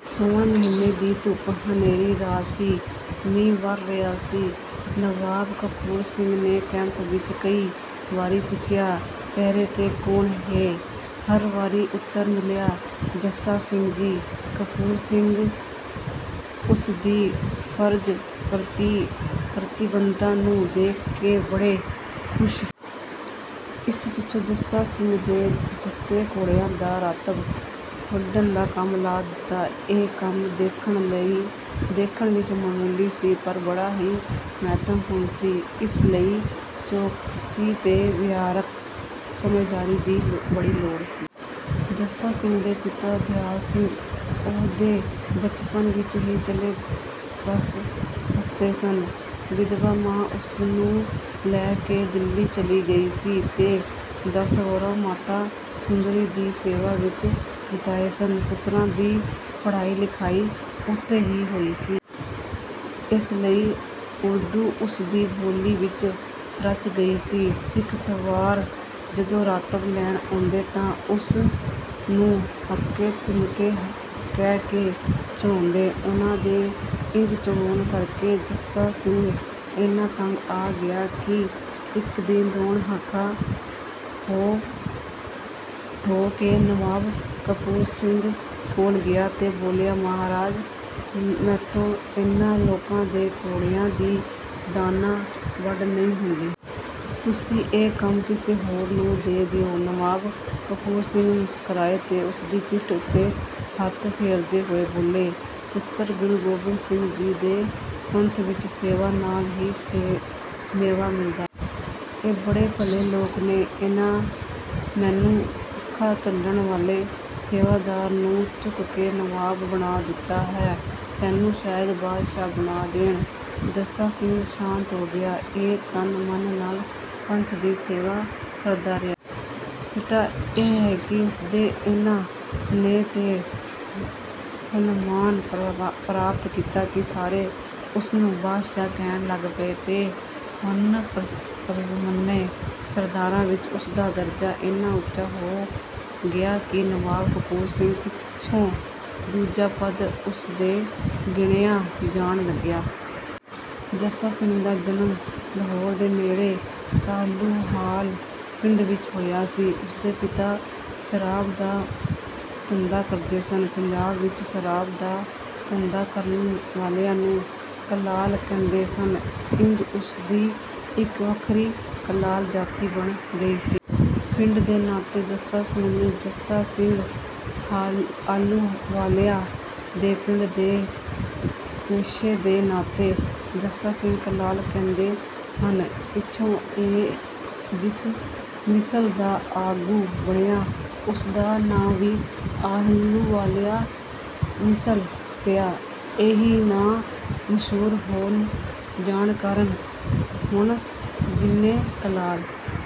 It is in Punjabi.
ਸੌਣ ਮਹੀਨੇ ਦੀ ਘੁੱਪ ਹਨੇਰੀ ਰਾਤ ਸੀ। ਮੀਂਹ ਵਰ੍ਹ ਰਿਹਾ ਸੀ। ਨਵਾਬ ਕਪੂਰ ਸਿੰਘ ਨੇ ਕੈਂਪ ਵਿੱਚੋਂ ਕਈ ਵਾਰੀ ਪੁੱਛਿਆ, "ਪਹਿਰੇ 'ਤੇ ਕੌਣ ਏ?" ਹਰ ਵਾਰੀ ਉਤਰ ਮਿਲਿਆ, "ਜੱਸਾ ਸਿੰਘ ਜੀ।" ਕਪੂਰ ਸਿੰਘ ਉਸ ਦੀ ਫਰਜ਼ ਪ੍ਰਤੀ ਪ੍ਰਤੀਬੱਧਤਾ ਨੂੰ ਦੇਖ ਕੇ ਬੜੇ ਖੁਸ਼ ਹੋਏ। ਇਸ ਪਿੱਛੋਂ ਜੱਸਾ ਸਿੰਘ ਦੇ ਜ਼ਿੰਮੇਂ ਘੋੜਿਆਂ ਦਾ ਰਾਤਬ ਵੰਡਣ ਦਾ ਕੰਮ ਲਾ ਦਿੱਤਾ ਗਿਆ। ਇਹ ਕੰਮ ਦੇਖਣ ਵਿੱਚ ਮਾਮੂਲੀ ਸੀ ਪਰ ਬੜਾ ਹੀ ਮਹੱਤਵਪੂਰਨ ਸੀ। ਇਸ ਲਈ ਚੌਕਸੀ ਤੇ ਵਿਹਾਰਕ ਸਮਝਦਾਰੀ ਦੀ ਬੜੀ ਲੋੜ ਸੀ। ਜੱਸਾ ਸਿੰਘ ਦੇ ਪਿਤਾ ਦਿਆਲ ਸਿੰਘ ਉਹਦੇ ਬਚਪਨ ਵਿੱਚ ਹੀ ਚੱਲ ਵੱਸੇ ਸਨ। ਵਿਧਵਾ ਮਾਂ ਉਸਨੂੰ ਲੈ ਕੇ ਦਿੱਲੀ ਚਲੀ ਗਈ ਸੀ ਤੇ ਦਸ ਵਰ੍ਹੇ ਮਾਤਾ ਸੁੰਦਰੀ ਦੀ ਸੇਵਾ ਵਿੱਚ ਬਿਤਾਏ ਸਨ। ਪੁੱਤਰ ਦੀ ਪੜ੍ਹਾਈ ਲਿਖਾਈ ਉੱਥੇ ਹੀ ਹੋਈ ਸੀ। ਇਸ ਲਈ ਉਰਦੂ ਉਸ ਦੀ ਬੋਲੀ ਵਿੱਚ ਰਚ ਗਈ ਸੀ। ਸਿੱਖ ਸਵਾਰ ਜਦੋਂ ਰਾਤਬ ਲੈਣ ਆਉਂਦੇ ਤਾਂ ਉਸ ਨੂੰ 'ਹਮਕੋ-ਤੁਮਕੋ' ਕਹਿ ਕੇ ਚਿੜਾਉਂਦੇ ਸਨ। ਉਹਨਾਂ ਦੇ ਇੰਜ ਚਿੜਾਉਣ ਕਰਕੇ ਜੱਸਾ ਸਿੰਘ ਏਨਾ ਤੰਗ ਆ ਗਿਆ ਕਿ ਇੱਕ ਦਿਨ ਰੋਣ ਹਾਕਾ ਹੋ ਕੇ ਨਵਾਬ ਕਪੂਰ ਸਿੰਘ ਕੋਲ ਗਿਆ ਤੇ ਬੋਲਿਆ, "ਮਹਾਰਾਜ ਮੈਥੋਂ ਇਹਨਾਂ ਲੋਕਾਂ ਦੇ ਘੋੜਿਆਂ ਦੀ ਦਾਨਾ ਵੰਡ ਨਹੀਂ ਹੁੰਦੀ। ਤੁਸੀਂ ਇਹ ਕੰਮ ਕਿਸੇ ਹੋਰ ਨੂੰ ਦੇ ਦਿਓ।" ਨਵਾਬ ਕਪੂਰ ਸਿੰਘ ਮੁਸਕਰਾਏ ਤੇ ਉਸਦੀ ਪਿੱਠ ਉੱਤੇ ਹੱਥ ਫੇਰਦੇ ਹੋਏ ਬੋਲੇ, "ਪੁੱਤਰ ਗੁਰੂ ਗੋਬਿੰਦ ਸਿੰਘ ਜੀ ਦੇ ਪੰਥ ਵਿੱਚ ਸੇਵਾ ਨਾਲ ਹੀ ਮੇਵਾ ਮਿਲਦਾ ਹੈ। ਇਹ ਬੜੇ ਭਲੇ ਲੋਕ ਨੇ। ਇਹਨਾਂ ਮੈਨੂੰ ਪੱਖਾਂ ਝੱਲਣ ਵਾਲੇ ਸੇਵਾਦਾਰ ਨੂੰ ਚੁੱਕ ਕੇ ਨਵਾਬ ਬਣਾ ਦਿੱਤਾ ਹੈ, ਤੈਨੂੰ ਸ਼ਾਇਦ ਬਾਦਸ਼ਾਹ ਬਣਾ ਦੇਣ।" ਜੱਸਾ ਸਿੰਘ ਸ਼ਾਂਤ ਹੋ ਗਿਆ। ਉਹ ਤਨ-ਮਨ ਨਾਲ ਪੰਥ ਦੀ ਸੇਵਾ ਕਰਦਾ ਰਿਹਾ। ਸਿੱਟਾ ਇਹ ਕਿ ਉਸਨੇ ਏਨਾ ਸਨੇਹ ਤੇ ਸਨਮਾਨ ਪ੍ਰਾਪਤ ਕੀਤਾ ਕਿ ਸਾਰੇ ਉਸਨੂੰ 'ਬਾਦਸ਼ਾਹ' ਕਹਿਣ ਲੱਗ ਪਏ ਤੇ ਮੰਨੇ-ਪ੍ਰਮੰਨੇ ਸਰਦਾਰਾਂ ਵਿੱਚ ਉਸਦਾ ਦਰਜਾ ਏਨਾ ਉੱਚਾ ਹੋ ਗਿਆ ਕਿ ਨਵਾਬ ਕਪੂਰ ਸਿੰਘ ਪਿੱਛੋਂ ਦੂਜਾ ਪਦ ਉਸੇ ਦਾ ਗਿਣਿਆਂ ਜਾਣ ਲੱਗਿਆ। ਜੱਸਾ ਸਿੰਘ ਦਾ ਜਨਮ ਲਾਹੌਰ ਦੇ ਨੇੜੇ ਆਹਲੂਵਾਲ ਪਿੰਡ ਵਿੱਚ ਹੋਇਆ ਸੀ। ਉਸਦੇ ਪਿਤਾ ਸ਼ਰਾਬ ਦਾ ਧੰਦਾ ਕਰਦੇ ਸਨ। ਪੰਜਾਬ ਵਿੱਚ ਸ਼ਰਾਬ ਦਾ ਧੰਦਾ ਕਰਨ ਵਾਲਿਆਂ ਨੂੰ 'ਕਲਾਲ' ਕਹਿੰਦੇ ਸਨ। ਇੰਜ ਉਹਨਾਂ ਦੀ ਇੱਕ ਵੱਖਰੀ ਕਲਾਲ ਜਾਤੀ ਬਣ ਗਈ ਸੀ। ਪਿੰਡ ਦੇ ਨਾਤੇ ਜੱਸਾ ਸਿੰਘ ਨੂੰ 'ਜੱਸਾ ਸਿੰਘ ਆਹਲੂਵਾਲੀਆ' ਤੇ ਪਿਓ ਦੇ ਪੇਸ਼ੇ ਦੇ ਨਾਤੇ 'ਜੱਸਾ ਸਿੰਘ ਕਲਾਲ' ਕਹਿੰਦੇ ਹਨ। ਪਿੱਛੋਂ ਉਹ ਜਿਸ ਮਿਸਲ ਦਾ ਆਗੂ ਬਣਿਆ, ਉਸਦਾ ਨਾਂ ਵੀ 'ਆਹਲੂਵਾਲੀਆ ਮਿਸਲ' ਪਿਆ। ਇਹੀ ਨਾਂ ਮਸ਼ਹੂਰ ਹੋ ਜਾਣ ਕਾਰਨ ਹੁਣ ਜਿੰਨੇ ਕਲਾਲ